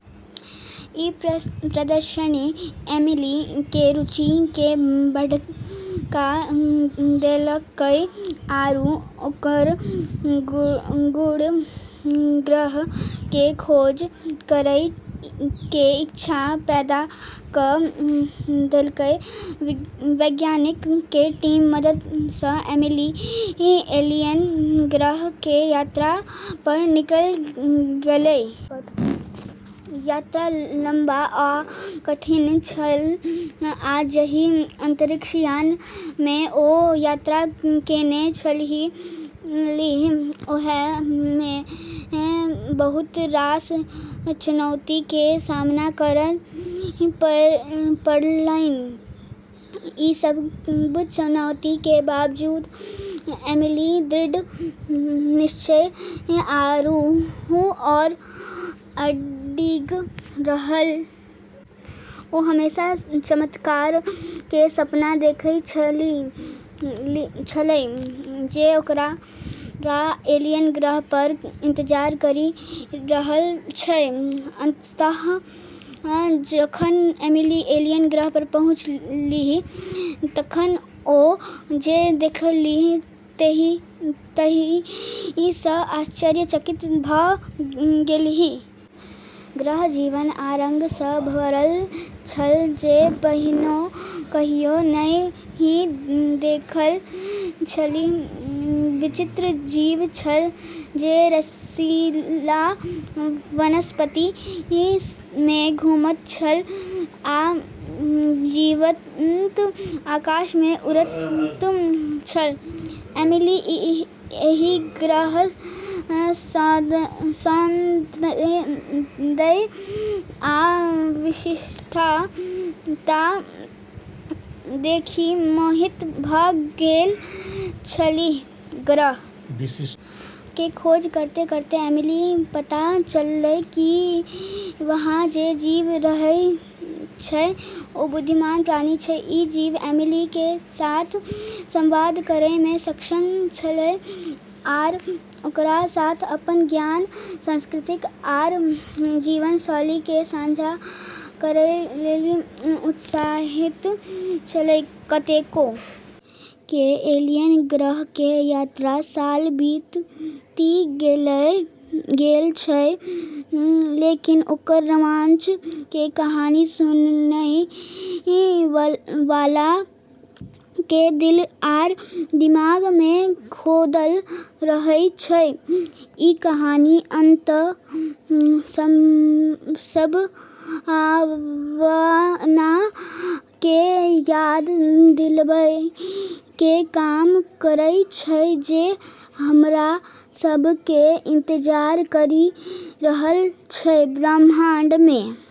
ई प्रदर्शनी एमिली के रुचि के भड़का देलकै आरू ओकर गूढ़ ग्रह के खोज करै के इच्छा पैदा क देलकै। वैज्ञानिक के टीम के मदद सं एमिली एलियन ग्रह के यात्रा पर निकलि गेलै। यात्रा लम्बा आ कठिन छल, आ जाहि अंतरिक्ष यान मे ओ यात्रा केने छलीह, ओहि मे बहुत रास चुनौती के सामना करय पड़लनि। ई सब चुनौती के बावजूद एमिली दृढ़ निश्चयी आरू अडिग रहलै। ओ हमेशा ओ चमत्कार के सपना देखै छेलै जे ओकरा एलियन ग्रह पर इंतजार करी रहल छेलै। अंततः जखन एमिली एलियन ग्रह पर पहुँचलीह तखन ओ जे देखलनि ताहि सं आश्चर्यचकित भ गेलीह। ग्रह जीवन आ रंग सं भरल छल जे पहिने कहियो नहि देखने छलीह। विचित्र जीव छल जे रसीला वनस्पति मे घुमैत छल आ जीवंत आकाश मे उड़ैत छल। एमिली एहि ग्रहक सौन्दर्य आ विशिष्टता देखि मोहित भ गेल छलीह। ग्रह के खोज करतें-करतें एमिली के पता चललै कि वहाँ जे जीव रहै छै, ओ बुद्धिमान प्राणी छै। ई जीव एमिली के साथ संवाद करै मे सक्षम छेलै, आरू ओकरा साथ अपन ज्ञान, संस्कृति आरू जीवन-शैली के साझा करै लेली उत्साहित छेलै। कतेको के एलियन ग्रह के यात्रा के साल बीति गेल छै, लेकिन ओकर रोमांच के कहानी सुनै वाला के दिल आरू दिमाग मे खोदल रहै छै। ई कहानी अनंत संभावना के याद दिलाबै के काम करै छै जे हमरा सब के इंतजार करी रहल छै ब्रह्माण्ड मे।